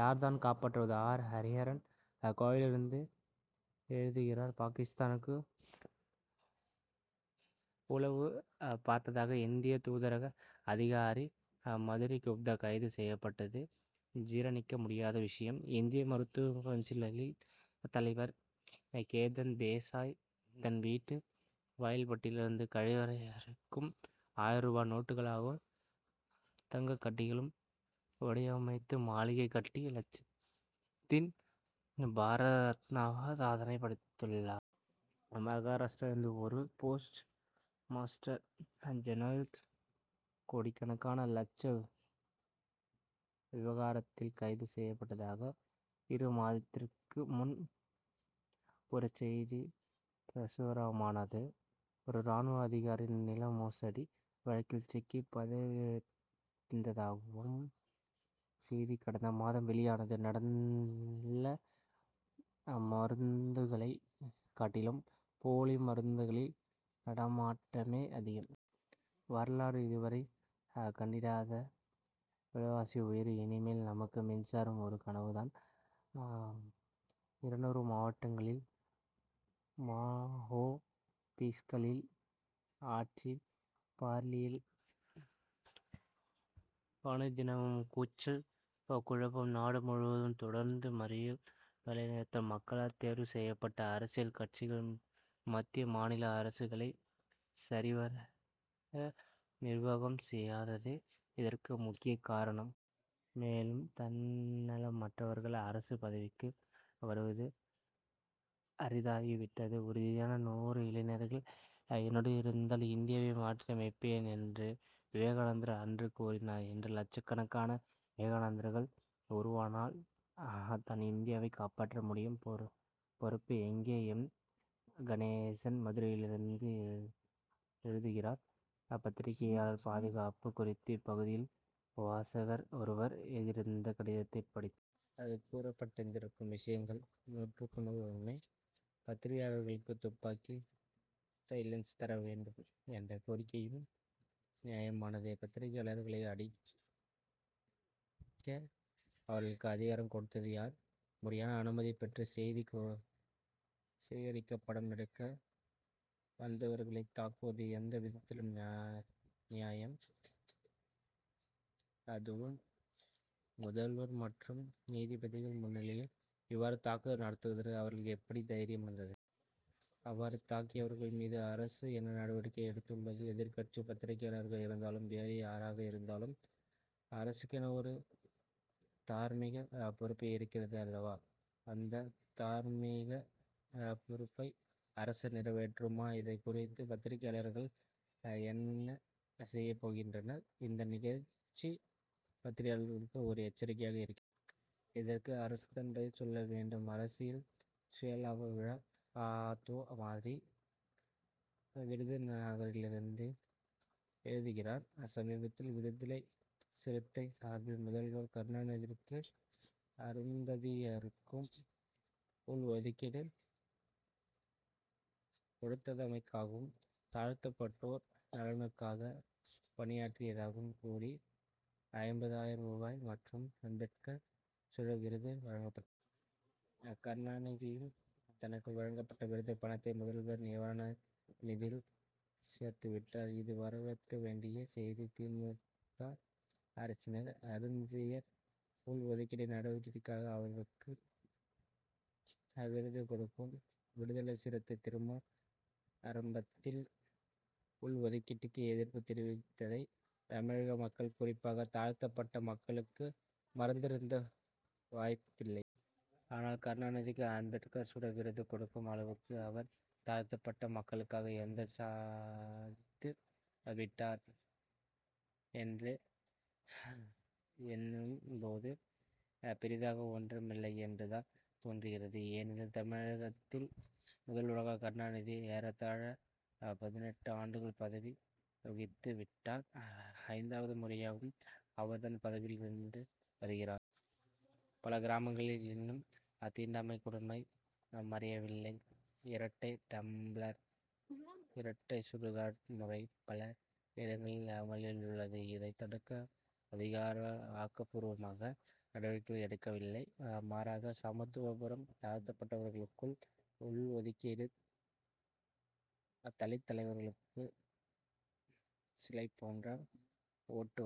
யார் தான் காப்பாற்றுவது? ஆர். ஹரிஹரன் கோவையிலிருந்து எழுதுகிறார் பாகிஸ்தானுக்கு உளவு பார்த்ததாக இந்திய தூதரக அதிகாரி மாதுரி குப்தா கைது செய்யப்பட்டது ஜீரணிக்க முடியாத விஷயம். இந்திய மருத்துவக்கவுன்சில் தலைவர் கேதன் தேசாய் தன் வீட்டு வாயில்படியிலிருந்து கழிவறை வரைக் கும் ஆயிரம் ரூபாய் நோட்டுகளாலும் தங்கக்கட்டிகளாலும் வடிவமைத்து மாளிகை கட்டி லஞ்சத்தின் பாரத ரத்னாவாக சாதனை படைத்துள்ளார். மகாராஷ்டிராவில் ஒரு போஸ்ட் மாஸ்டர் ஜெனரல் கோடிக்கணக்கான லஞ்ச விவகாரத்தில் கைது செய்யப்பட்டதாக இரு மாதத்திற்கு முன் ஒரு செய்தி பிரசுரமானது. ஒரு ராணுவ அதிகாரி நிலமோசடி வழக்கில் சிக்கி பதவியிழந்ததாகவும் செய்தி கடந்த மாதம் வெளியானது. நல்ல மருந்துகளை காட்டிலும் போலி மருந்துகளின் நடமாட்டமே அதிகம். வரலாறு இதுவரை கண்டிராத விலைவாசி உயர்வு. இனிமேல் நமக்கு மின்சாரம் ஒரு கனவு தான். இருநூறு மாவட்டங்களில் மாவோயிஸ்டுகளின் ஆட்சி. பார்லியில் அனுதினமும் கூச்சல் குழப்பம். நாடு முழுவதும் தொடர்ந்து மறியல் வேலைநிறுத்தம். மக்களால் தேர்வு செய்யப்பட்ட அரசியல் கட்சிகள் மத்திய மாநில அரசுகளை சரிவர நிர்வாகம் செய்யாததே இதற்கு முக்கிய காரணம். மேலும் தன்னலமற்றவர்கள் அரசு பதவிக்கு வருவது அரிதாகிவிட்டது. உறுதியான நூறு இளைஞர்கள் என்னோடு இருந்தால் இந்தியாவை மாற்றியமைப்பேன் என்று விவேகானந்தர் அன்று கூறினார். இன்று லட்சக்கணக்கான விவேகானந்தர்கள் உருவானால் தான் இந்தியாவை காப்பாற்ற முடியும். பொறுப்பு எங்கே? எம். கணேசன் மதுரையிலிருந்து எழுதுகிறார் பத்திரிகையாளர் பாதுகாப்பு குறித்து இப்பகுதியில் வாசகர் ஒருவர் எழுதியிருந்த கடிதத்தைப் படித்தேன். அதில் கூறப்பட்டிருக்கும் விஷயங்கள் நூற்றுக்கு நூறு உண்மை. பத்திரிகையாளர்களுக்கு துப்பாக்கி லைசென்ஸ் தர வேண்டும் என்ற கோரிக்கையும் நியாயமானதே. பத்திரிகையாளர்களை அடிக்க அவர்களுக்கு அதிகாரம் கொடுத்தது யார்? முறையான அனுமதி பெற்று செய்தி சேகரிக்க படம் எடுக்க வந்தவர்களைத் தாக்குவது எந்த விதத்தில் நியாயம்? அதுவும் முதல்வர் மற்றும் நீதிபதிகள் முன்னிலையில் இவ்வாறு தாக்குதல் நடத்துவதற்கு அவர்களுக்கு எப்படி தைரியம் வந்தது? அவ்வாறு தாக்கியவர்கள் மீது அரசு என்ன நடவடிக்கை எடுத்துள்ளது? எதிர்க்கட்சி பத்திரிகையாளராக இருந்தாலும் வேறு யாராக இருந்தாலும் அரசுக்கென ஒரு தார்மீகப் பொறுப்பு இருக்கிறது அல்லவா? அந்த தார்மீகப் பொறுப்பை அரசு நிறைவேற்றுமா? இது குறித்து பத்திரிகையாளர்கள் என்ன செய்யப் போகின்றனர்? இந்த நிகழ்ச்சி பத்திரிகையாளர்களுக்கு ஒரு எச்சரிக்கையாக இருக்கிறது. இதற்கு அரசுதான் பதில் சொல்ல வேண்டும். அரசியல் சுயலாப விழா! அ. அ. தொ. மாரி விருதுநகரிலிருந்து எழுதுகிறார் சமீபத்தில் விடுதலைச் சிறுத்தைகள் சார்பில் முதல்வர் கருணாநிதிக்கு அருந்ததியருக்கு உள்ஒதுக்கீடு கொடுத்தமைக்காகவும் தாழ்த்தப்பட்டோர் நலனுக்காக பணியாற்றியதாகவும் கூறி ஐம்பது ஆயிரம் ரூபாய் மற்றும் அம்பேத்கர் சுடர் விருது வழங்கப்பட்டுள்ளது. கருணாநிதியும் தனக்கு வழங்கப்பட்ட விருது பணத்தை முதல்வரின் நிவாரண நிதியில் சேர்த்துவிட்டார். இது வரவேற்க வேண்டிய செய்தி. தி. மு. க. அரசின் அருந்ததியர் உள்ஒதுக்கீடு நடவடிக்கைக்காக அவருக்கு விருது கொடுக்கும் விடுதலைச் சிறுத்தை திருமா ஆரம்பத்தில் உள்ஒதுக்கீடுக்கு எதிர்ப்பு தெரிவித்திருந்ததை தமிழக மக்கள் குறிப்பாக தாழ்த்தப்பட்ட மக்கள் மறந்திருக்க வாய்ப்பில்லை. ஆனால் கருணாநிதிக்கு அம்பேத்கர் சுடர் விருது கொடுக்கும் அளவுக்கு அவர் தாழ்த்தப்பட்ட மக்களுக்காக என்ன சாதித்து விட்டார் என்று எண்ணும் போது பெரிதாக ஒன்றும் இல்லை என்று தான் தோன்றுகிறது. ஏனெனில் தமிழகத்தின் முதல்வராக கருணாநிதி ஏறத்தாழ பதினெட்டு ஆண்டுகள் பதவி வகித்து விட்டார் ஐந்தாவது முறையாகவும் அவர்தான் பதவியில் இருந்து வருகிறார். பல கிராமங்களில் இன்னும் தீண்டாமைக் கொடுமை மறையவில்லை. இரட்டை டம்ளர் இரட்டை சுடுகாடு முறை பல இடங்களில் அமலில் உள்ளது. இதை தடுக்க ஆக்கப்பூர்வமான நடவடிக்கைகளை எடுக்கவில்லை. மாறாக சமத்துவபுரம் தாழ்த்தப்பட்டவர்களுக்குள் உள்ஒதுக்கீடு தலித் தலைவர்களுக்கு சிலை போன்ற ஓட்டு வங்கி